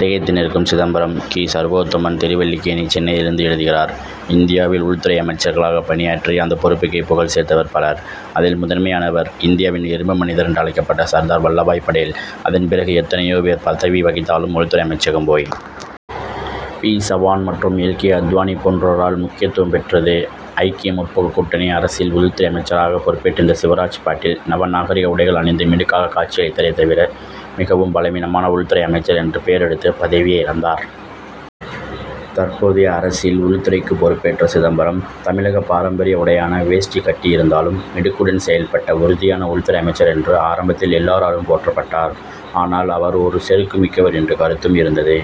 திகைத்து நிற்கும் சிதம்பரம்! கி. சர்வோத்தமன், திருவல்லிக்கேணி, சென்னையிலிருந்து எழுதுகிறார் இந்தியாவில் உள்துறை அமைச்சர்களாகப் பணியாற்றி, அந்தப் பொறுப்புக்கே புகழ் சேர்த்தவர் பலர். அதில் முதன்மையானவர், இந்தியாவின் இரும்பு மனிதர் என்றழைக்கப்பட்ட சர்தார் வல்லபாய் படேல். அதன் பிறகு எத்தனை யோ பேர் பதவி வகித்தாலும், உள் துறை அமைச்சகம், ஒய். பி. சவான் மற்றும் எல். கே. அத்வானி போன்றோரால் முக்கியத்துவம் பெற்றது. ஐக்கிய முற்போக்கு கூட்டணி அரசில், உள்துறை அமைச்சராகப் பொறுப்பேற்றிருந்த சிவராஜ் பாட்டீல், நவநாகரிக உடைகள் அணிந்து மிடுக்காகக் காட்சியளித்தாரே தவிர, மிகவும் பலவீனமான உள்துறை அமைச்சர் என்று பேர் எடுத்து, பதவியை இழந்தார். தற்போதைய அரசில் உள்துறைக் குப் பொறுப்பேற்ற சிதம்பரம், தமிழகப் பாரம்பரிய உடையான வேஷ்டி கட்டியிருந்தாலும், மிடுக்குடன் செயல்பட்ட உறுதியான உள்துறை அமைச்சர் என்று, ஆரம்பத்தில் எல்லாராலும் போற்றப்பட்டார். ஆனால், அவர் ஒரு செறுக்குமிக்கவர் என்ற கருத்தும் இருந்தது.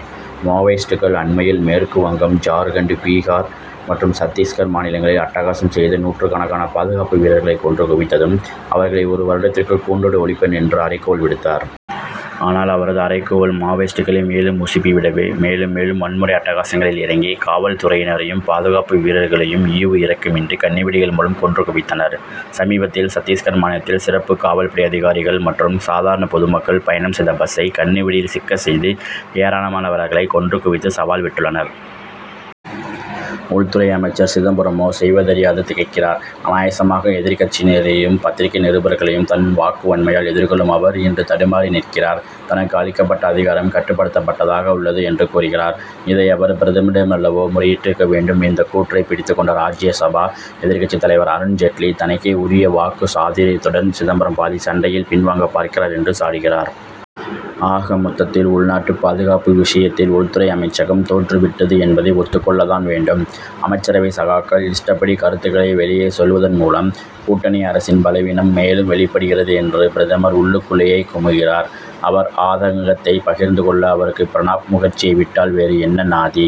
மாவோயிஸ்டுகள் அண்மையில் மேற்கு வங்கம், ஜார்க்கண்ட், பீகார் மற்றும் சத்திஸ்கர் மாநிலங்களில் அட்டகாசம் செய்து, நூற்றுக்கணக்கான பாதுகாப்பு வீரர்களைக் கொன்று குவித்ததும், அவர்களை ஒரு வருடத்திற்குள் கூண்டோடு ஒழிப்பேன் என்று அறைகூவல் விடுத்தார். ஆனால், அவரது அறைகூவல், மாவோயிஸ்டுகளை மேலும் உசுப்பி விடவே, மேலும், மேலும் வன்முறை அட்டகாசங்களில் இறங்கி, காவல் துறையினரையும், பாதுகாப்பு வீரர்களையும் ஈவு இரக்கமின்றி, கண்ணி வெடிகள் மூலம், கொன்று குவித்தனர். சமீபத்தில் சத்திஸ்கர் மாநிலத்தில் சிறப்பு காவல்படை அதிகாரிகள் மற்றும் சாதாரணப் பொதுமக்கள் பயணம் செய்த பஸ்சை, கண்ணிவெடியில் சிக்கச் செய்து, ஏராளமானவர்களைக் கொன்று குவித்து சவால் விட்டுள்ளனர். உள்துறை அமைச்சர் சிதம்பரமோ, செய்வதறியாது திகைக்கிறார். அநாயசமாக எதிர்க்கட்சியினரையும், பத்திரிகை நிருபர்களையும், தன் வாக்கு வன்மையால் எதிர்கொள்ளும் அவர், இன்று தடுமாறி நிற்கிறார். தனக்கு அளிக்கப்பட்ட அதிகாரம், கட்டுப்படுத்தப்பட்டதாக உள்ளது என்று கூறுகிறார். இதை அவர், பிரதமரிடமல்லவோ முறையிட்டிருக்க வேண்டும்! இந்த கூற்றை பிடித்துக் கொண்ட, ராஜ்யசபா எதிர்க்கட்சித் தலைவர் அருண் ஜெட்லி, தனக்கே உரிய வாக்கு சாதுர்யத்துடன், சிதம்பரம் பாதிச் சண்டையில் பின்வாங்கப் பார்க்கிறார் என்று சாடுகிறார். ஆக மொத்தத்தில், உள்நாட்டு பாதுகாப்பு விஷயத்தில் உள்துறை அமைச்சகம் தோற்று விட்டது என்பதை, ஒத்துக் கொள்ளத்தான் வேண்டும். அமைச்சரவை சகாக்கள், இஷ்டப்படி கருத்துக்களை வெளியே சொல்வதன் மூலம், கூட்டணி அரசின் பலவீனம் மேலும் வெளிப்படுகிறது என்று பிரதமர் உள்ளுக்குள்ளேயே குமைகிறார். அவர் ஆதங்கத்தைப் பகிர்ந்து கொள்ள, அவருக்கு பிரணாப் முகர்ஜியை விட்டால், வேறு என்ன நாதி?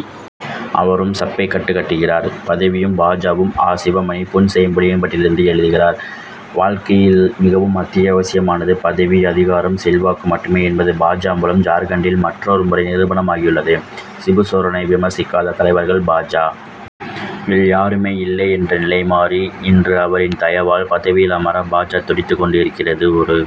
அவரும் சப்பைக்கட்டு கட்டுகிறார். பதவியும் பா. ஜ.,வும்! ஆ. சிவமணி, புன்செய்ப்புளியம்பட்டியிலிருந்து எழுதுகிறார் வாழ்க் கையில் மிகவும் அத்தியாவசியமானது பதவி, அதிகாரம், செல்வாக்கு மட்டு மே என்பது, பா. ஜ., மூலம், ஜார்க்கண்டில் மற்றொரு முறை நிரூபணமாகியுள்ளது. சிபுசோரனை விமர்சிக் காத தலைவர்கள், பா. ஜ., வில் யாருமே இல்லை என்ற நிலைமாறி, இன்று அவரின் தயவால், பதவியில் அமர பா. ஜ., துடித்து கொண்டிருக்கிறது. ஒரு